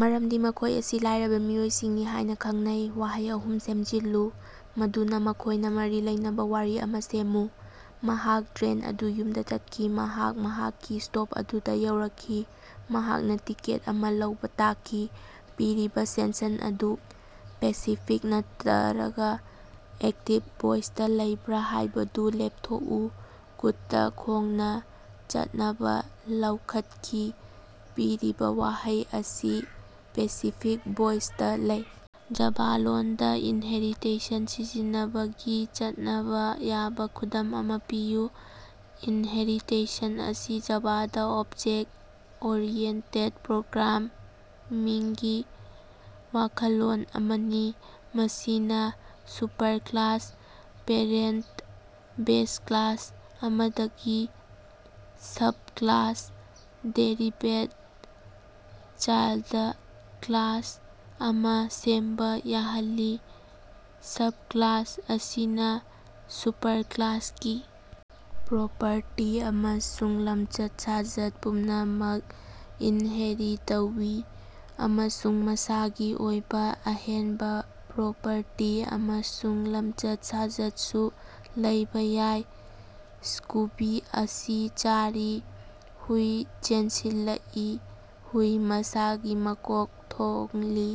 ꯃꯔꯝꯗꯤ ꯃꯈꯣꯏ ꯑꯁꯤ ꯂꯥꯏꯔꯕ ꯃꯤꯑꯣꯏꯁꯤꯡꯅꯤ ꯍꯥꯏꯅ ꯈꯪꯅꯩ꯫ ꯋꯥꯍꯩ ꯑꯍꯨꯝ ꯁꯦꯝꯖꯤꯜꯂꯨ ꯃꯗꯨꯅ ꯃꯈꯣꯏꯅ ꯃꯔꯤ ꯂꯩꯅꯕ ꯋꯥꯔꯤ ꯑꯃꯥ ꯁꯦꯝꯃꯨ꯫ ꯃꯍꯥꯛ ꯇ꯭ꯔꯦꯟ ꯑꯗꯨ ꯌꯨꯝꯗ ꯆꯠꯈꯤ꯫ ꯃꯍꯥꯛ ꯃꯍꯥꯛꯀꯤ ꯁ꯭ꯇꯣꯞ ꯑꯗꯨꯗꯥ ꯌꯧꯔꯛꯈꯤ꯫ ꯃꯍꯥꯛꯅ ꯇꯤꯀꯦꯠ ꯑꯃꯥ ꯂꯧꯕ ꯇꯥꯈꯤ꯫ ꯄꯤꯔꯤꯕꯥ ꯁꯦꯟꯁꯟ ꯑꯗꯨ ꯄꯦꯁꯤꯐꯤꯛ ꯅꯠꯇꯔꯒ ꯑꯦꯛꯇꯤꯕ ꯚꯣꯏꯁꯇ ꯂꯩꯕ꯭ꯔꯥ ꯍꯥꯏꯕꯗꯨ ꯂꯦꯞꯊꯣꯛꯎ꯫ ꯀꯨꯠꯇ ꯈꯣꯡꯅ ꯆꯠꯅꯕ ꯂꯧꯈꯠꯈꯤ꯫ ꯄꯤꯔꯤꯕꯥ ꯋꯥꯍꯩ ꯑꯁꯤ ꯄꯦꯁꯤꯐꯤꯛ ꯚꯣꯏꯁꯇ ꯂꯩ꯫। ꯖꯥꯚꯥ ꯂꯣꯟꯗ ꯏꯟꯍꯦꯔꯤꯇꯦꯁꯟ ꯁꯤꯖꯤꯟꯅꯕꯒꯤ ꯆꯠꯅꯕ ꯌꯥꯕ ꯈꯨꯗꯝ ꯑꯃꯥ ꯄꯤꯌꯨ꯫ ꯏꯟꯍꯦꯔꯤꯇꯦꯁꯟ ꯑꯁꯤ ꯖꯥꯚꯥꯗ ꯑꯣꯞꯖ‌ꯦꯛ ꯑꯣꯔꯤꯌ‌ꯦꯟꯇ‌ꯦꯠ ꯄ꯭ꯔ‌ꯣꯒ꯭ꯔꯥꯝꯃꯤꯡꯒꯤ ꯋꯥꯈꯜꯂꯣꯟ ꯑꯃꯅꯤ, ꯃꯁꯤꯅ ꯁꯨꯄꯔꯀꯂꯥꯁ ꯄꯦꯔꯦꯟꯇ ꯕꯦꯖ ꯀ꯭ꯂꯥꯁ ꯑꯃꯗꯒꯤ ꯁꯕꯀꯂꯥꯁ ꯗꯦꯔꯤꯕꯦꯗ ꯆꯥꯏꯜꯗ ꯀ꯭ꯂꯥꯁ ꯑꯃꯥ ꯁꯦꯝꯕ ꯌꯥꯍꯜꯂꯤ꯫ ꯁꯕꯀꯂꯥꯁ ꯑꯁꯤꯅ ꯁꯨꯄꯔꯀꯂꯥꯁꯀꯤ ꯄ꯭ꯔꯣꯄꯔꯇꯤ ꯑꯃꯁꯨꯡ ꯂꯝꯆꯠ-ꯁꯥꯖꯠ ꯄꯨꯝꯅꯃꯛ ꯏꯟꯍꯦꯔꯤ ꯇꯧꯏ, ꯑꯃꯁꯨꯡ ꯃꯁꯥꯒꯤ ꯑꯣꯏꯕ ꯑꯍꯦꯟꯕ ꯄ꯭ꯔꯣꯄꯔꯇꯤ ꯑꯃꯁꯨꯡ ꯂꯝꯆꯠ-ꯁꯥꯖꯠꯁꯨ ꯂꯩꯕꯥ ꯌꯥꯏ꯫ ꯁ꯭ꯀꯨꯕꯤ ꯑꯁꯤ ꯆꯥꯔꯤ꯫ ꯍꯨꯏ ꯆꯦꯟꯁꯤꯜꯂꯛꯏ꯫ ꯍꯨꯏ ꯃꯁꯥꯒꯤ ꯃꯀꯣꯛ ꯊꯣꯡꯂꯤ꯫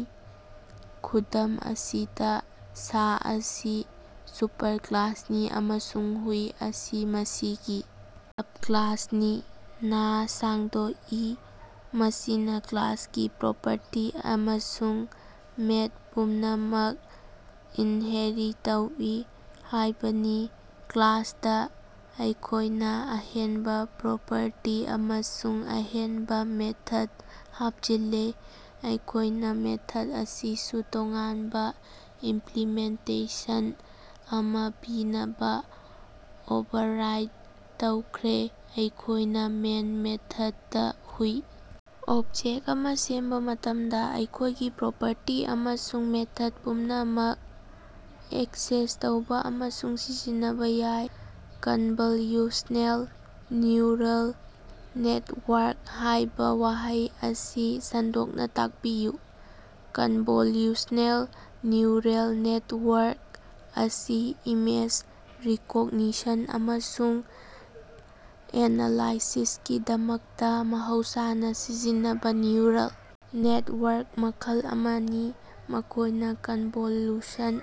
ꯈꯨꯗꯝ ꯑꯁꯤꯗ, ꯁꯥ ꯑꯁꯤ ꯁꯨꯄꯔꯀꯂꯥꯁꯅꯤ, ꯑꯃꯁꯨꯡ ꯍꯨꯏ ꯑꯁꯤ ꯃꯁꯤꯒꯤ ꯁꯕꯀꯂꯥꯁꯅꯤ꯫ ꯅꯥ ꯁꯥꯡꯗꯣꯛꯏ, ꯃꯁꯤꯅ ꯀ꯭ꯂꯥꯁꯀꯤ ꯄ꯭ꯔꯣꯄꯔꯇꯤ ꯑꯃꯁꯨꯡ ꯃꯦꯠ ꯄꯨꯝꯅꯃꯛ ꯏꯟꯍꯦꯔꯤ ꯇꯧꯏ ꯍꯥꯏꯕꯅꯤ꯫ ꯀ꯭ꯂꯥꯁꯇ, ꯑꯩꯈꯣꯏꯅ ꯑꯍꯦꯟꯕ ꯄ꯭ꯔꯣꯄꯔꯇꯤ ꯑꯃꯁꯨꯡ ꯑꯍꯦꯟꯕ ꯃꯦꯊꯠ ꯍꯥꯞꯆꯤꯜꯂꯦ꯫ ꯑꯩꯈꯣꯏꯅ ꯃꯦꯊꯠ ꯑꯁꯤꯁꯨ ꯇꯣꯉꯥꯟꯕ ꯏꯝꯄꯂꯤꯃꯦꯟꯇꯦꯁꯟ ꯑꯃꯥ ꯄꯤꯅꯕ ꯑꯣꯚꯔꯔꯥꯏꯗ ꯇꯧꯈ꯭ꯔꯦ꯫ ꯑꯩꯈꯣꯏꯅ ꯃꯦꯟ ꯃꯦꯊꯗꯇꯥ ꯍꯨꯏ ꯑꯣꯕꯖꯦꯛ ꯑꯃ ꯁꯦꯝꯕ ꯃꯇꯝꯗ, ꯑꯩꯈꯣꯏꯒꯤ ꯄ꯭ꯔꯣꯄꯔꯇꯤ ꯑꯃꯁꯨꯡ ꯃꯦꯊꯗ ꯄꯨꯝꯅꯃꯛ ꯑꯦꯛꯁꯦꯁ ꯇꯧꯕ ꯑꯃꯁꯨꯡ ꯁꯤꯖꯤꯟꯅꯕ ꯌꯥꯏ꯫ ꯀꯟꯚꯜꯌꯨꯁꯅꯦꯜ ꯅ꯭ꯌꯨꯔꯜ ꯅꯦꯇꯋꯥꯔꯛ ꯍꯥꯏꯕ ꯋꯥꯍꯩ ꯑꯁꯤ ꯁꯟꯗꯣꯛꯅ ꯇꯥꯛꯄꯤꯌꯨ꯫ ꯀꯟꯚꯣꯂꯌꯨꯁꯅꯦꯜ ꯅ꯭ꯌꯨꯔꯜ ꯅꯦꯇꯋꯥꯔꯛ ꯑꯁꯤ ꯏꯃꯦꯖ ꯔꯤꯀꯣꯒꯅꯤꯁꯟ ꯑꯃꯁꯨꯡ ꯑꯦꯅꯥꯂꯥꯏꯁꯤꯁꯀꯤꯗꯃꯛꯇ ꯃꯍꯧꯁꯥꯅ ꯁꯤꯖꯤꯟꯅꯕ ꯅ꯭ꯌꯨꯔꯜ ꯅꯦꯇꯋꯥꯔꯛ ꯃꯈꯜ ꯑꯃꯅꯤ꯫ ꯃꯈꯣꯏꯅ ꯀꯟꯚꯣꯂꯨꯁꯟ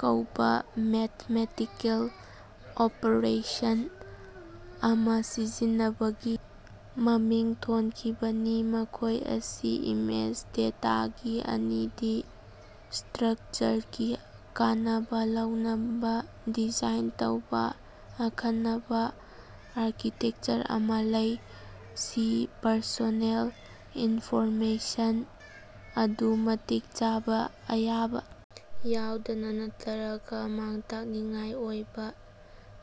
ꯀꯧꯕ ꯃꯦꯊꯃꯦꯇꯤꯀꯦꯜ ꯑꯣꯄꯔꯦꯁꯟ ꯑꯃꯥ ꯁꯤꯖꯤꯟꯅꯕꯒꯤ ꯃꯃꯤꯡ ꯊꯣꯟꯈꯤꯕꯅꯤ, ꯃꯈꯣꯏ ꯑꯁꯤ ꯏꯃꯦꯖ ꯗꯦꯇꯥꯒꯤ ꯑꯅꯤꯗꯤ ꯁ꯭ꯇꯔꯀꯆꯔꯒꯤ ꯀꯥꯟꯅꯕ ꯂꯧꯅꯕ ꯗꯤꯖꯥꯏꯟ ꯇꯧꯕ ꯑꯈꯟꯅꯕ ꯑꯥꯔꯀꯤꯇꯦꯛꯆꯔ ꯑꯃꯥ ꯂꯩ꯫ ꯁꯤ ꯄꯔꯁꯣꯅꯦꯜ ꯏꯟꯐꯣꯔꯃꯦꯁꯟ ꯑꯗꯨ ꯃꯇꯤꯛ ꯆꯥꯕ ꯑꯌꯥꯕ ꯌꯥꯎꯗꯅ ꯅꯠꯇꯔꯒ ꯃꯥꯡ-ꯇꯥꯛꯅꯤꯡꯉꯥꯏ ꯑꯣꯏꯕ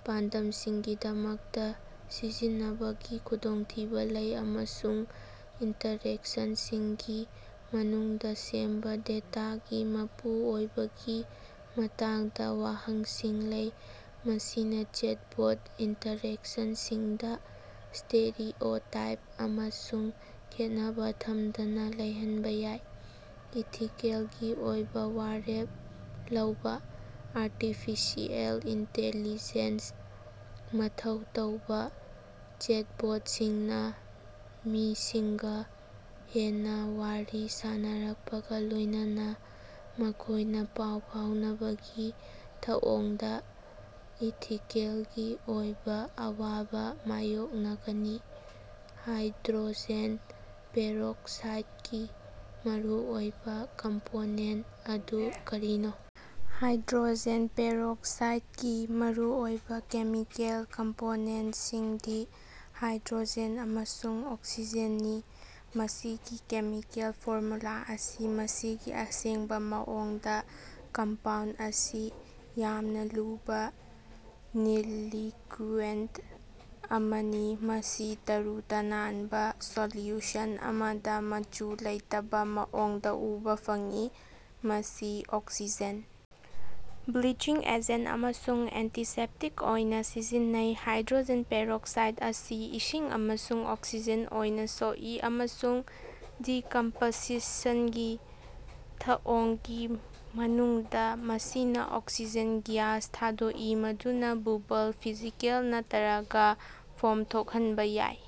ꯄꯥꯟꯗꯝꯁꯤꯡꯒꯤꯗꯃꯛꯇ ꯁꯤꯖꯤꯟꯅꯕꯒꯤ ꯈꯨꯗꯣꯡꯊꯤꯕ ꯂꯩ, ꯑꯃꯁꯨꯡ ꯏꯟꯇꯔꯦꯛꯁꯟꯁꯤꯡꯒꯤ ꯃꯅꯨꯡꯗ ꯁꯦꯝꯕ ꯗꯦꯇꯥꯒꯤ ꯃꯄꯨ ꯑꯣꯏꯕꯒꯤ ꯃꯇꯥꯡꯗ ꯋꯥꯍꯪꯁꯤꯡ ꯂꯩ꯫ ꯃꯁꯤꯅ ꯆꯦꯠꯕꯣꯠ ꯏꯟꯇꯔꯦꯛꯁꯟꯁꯤꯡꯗ ꯁ꯭ꯇꯦꯔꯤꯑꯣꯇꯥꯏꯞ ꯑꯃꯁꯨꯡ ꯈꯦꯠꯅꯕ ꯊꯝꯗꯅ ꯂꯩꯍꯟꯕ ꯌꯥꯏ꯫ ꯏꯊꯤꯀꯦꯜꯒꯤ ꯑꯣꯏꯕ ꯋꯥꯔꯦꯞ ꯂꯧꯕꯥ: ꯑꯥꯔꯇꯤꯐꯤꯁꯤꯑꯦꯜ ꯏꯟꯇ‌ꯦꯂꯤꯖ‌ꯦꯟꯁ ꯃꯊꯧ ꯇꯧꯕ ꯆꯦꯠꯕꯣꯠꯁꯤꯡꯅ ꯃꯤꯁꯤꯡꯒ ꯍꯦꯟꯅ ꯋꯥꯔꯤ ꯁꯥꯅꯔꯛꯄꯒ ꯂꯣꯏꯅꯅ ꯃꯈꯣꯏꯅ ꯄꯥꯎ ꯐꯥꯎꯅꯕꯒꯤ ꯊꯧꯑꯣꯡꯗ ꯏꯊꯤꯀꯦꯜꯒꯤ ꯑꯣꯏꯕ ꯑꯋꯥꯕ ꯃꯥꯌꯣꯛꯅꯒꯅꯤ꯫ ꯍꯥꯏꯗ꯭ꯔꯣꯖꯦꯟ ꯄꯦꯔꯣꯛꯁꯥꯏꯠꯀꯤ ꯃꯔꯨꯑꯣꯏꯕ ꯀꯝꯄꯣꯅꯦꯟ ꯑꯗꯨ ꯀꯔꯤꯅꯣ? ꯍꯥꯏꯗ꯭ꯔꯣꯖꯦꯟ ꯄꯦꯔꯣꯛꯁꯥꯏꯗꯀꯤ ꯃꯔꯨꯑꯣꯏꯕ ꯀꯦꯃꯤꯀꯦꯜ ꯀꯝꯄꯣꯅꯦꯟꯁꯤꯡꯗꯤ ꯍꯥꯏꯗ꯭ꯔꯣꯖꯦꯟ ꯑꯃꯁꯨꯡ ꯑꯣꯛꯁꯤꯖꯦꯟꯅꯤ, ꯃꯁꯤꯒꯤ ꯀꯦꯃꯤꯀꯦꯜ ꯐꯣꯔꯃꯨꯂꯥ ꯑꯁꯤ ꯃꯁꯤꯒꯤ ꯑꯁꯦꯡꯕ ꯃꯑꯣꯡꯗ, ꯀꯝꯄꯥꯎꯟꯠ ꯑꯁꯤ ꯌꯥꯝꯅ ꯂꯨꯕ ꯅꯤꯜ ꯂꯤꯀ꯭ꯌꯨꯏꯠ ꯑꯃꯅꯤ, ꯃꯁꯤ ꯇꯔꯨ-ꯇꯅꯥꯟꯕ ꯁꯣꯂ꯭ꯌꯨꯁꯟ ꯑꯃꯗ ꯃꯆꯨ ꯂꯩꯇꯕ ꯃꯑꯣꯡꯗ ꯎꯕ ꯐꯪꯏ꯫ ꯃꯁꯤ ꯑꯣꯛꯁꯤꯖꯦꯟ, ꯕ꯭ꯂꯤꯆꯤꯡ ꯑꯦꯖꯦꯟ ꯑꯃꯁꯨꯡ ꯑꯦꯟꯇꯤꯁꯦꯞꯇꯤꯛ ꯑꯣꯏꯅ ꯁꯤꯖꯤꯟꯅꯩ꯫ ꯍꯥꯏꯗ꯭ꯔꯣꯖꯦꯟ ꯄꯦꯔꯣꯛꯁꯥꯏꯠ ꯑꯁꯤ ꯏꯁꯤꯡ ꯑꯃꯁꯨꯡ ꯑꯣꯛꯁꯤꯖꯦꯟ ꯑꯣꯏꯅ ꯁꯣꯛꯏ, ꯑꯃꯁꯨꯡ ꯗꯤꯀꯝꯄꯁꯤꯁꯟꯒꯤ ꯊꯧꯑꯣꯡꯒꯤ ꯃꯅꯨꯡꯗ, ꯃꯁꯤꯅ ꯑꯣꯛꯁꯤꯖꯦꯟ ꯒ꯭ꯌꯥꯁ ꯊꯥꯗꯣꯛꯏ ꯃꯗꯨꯅ ꯕꯨꯕꯜ, ꯐꯤꯖꯤꯀꯦꯜ ꯅꯠꯇꯔꯒ ꯐꯣꯝ ꯊꯣꯛꯍꯟꯕ ꯌꯥꯏ꯫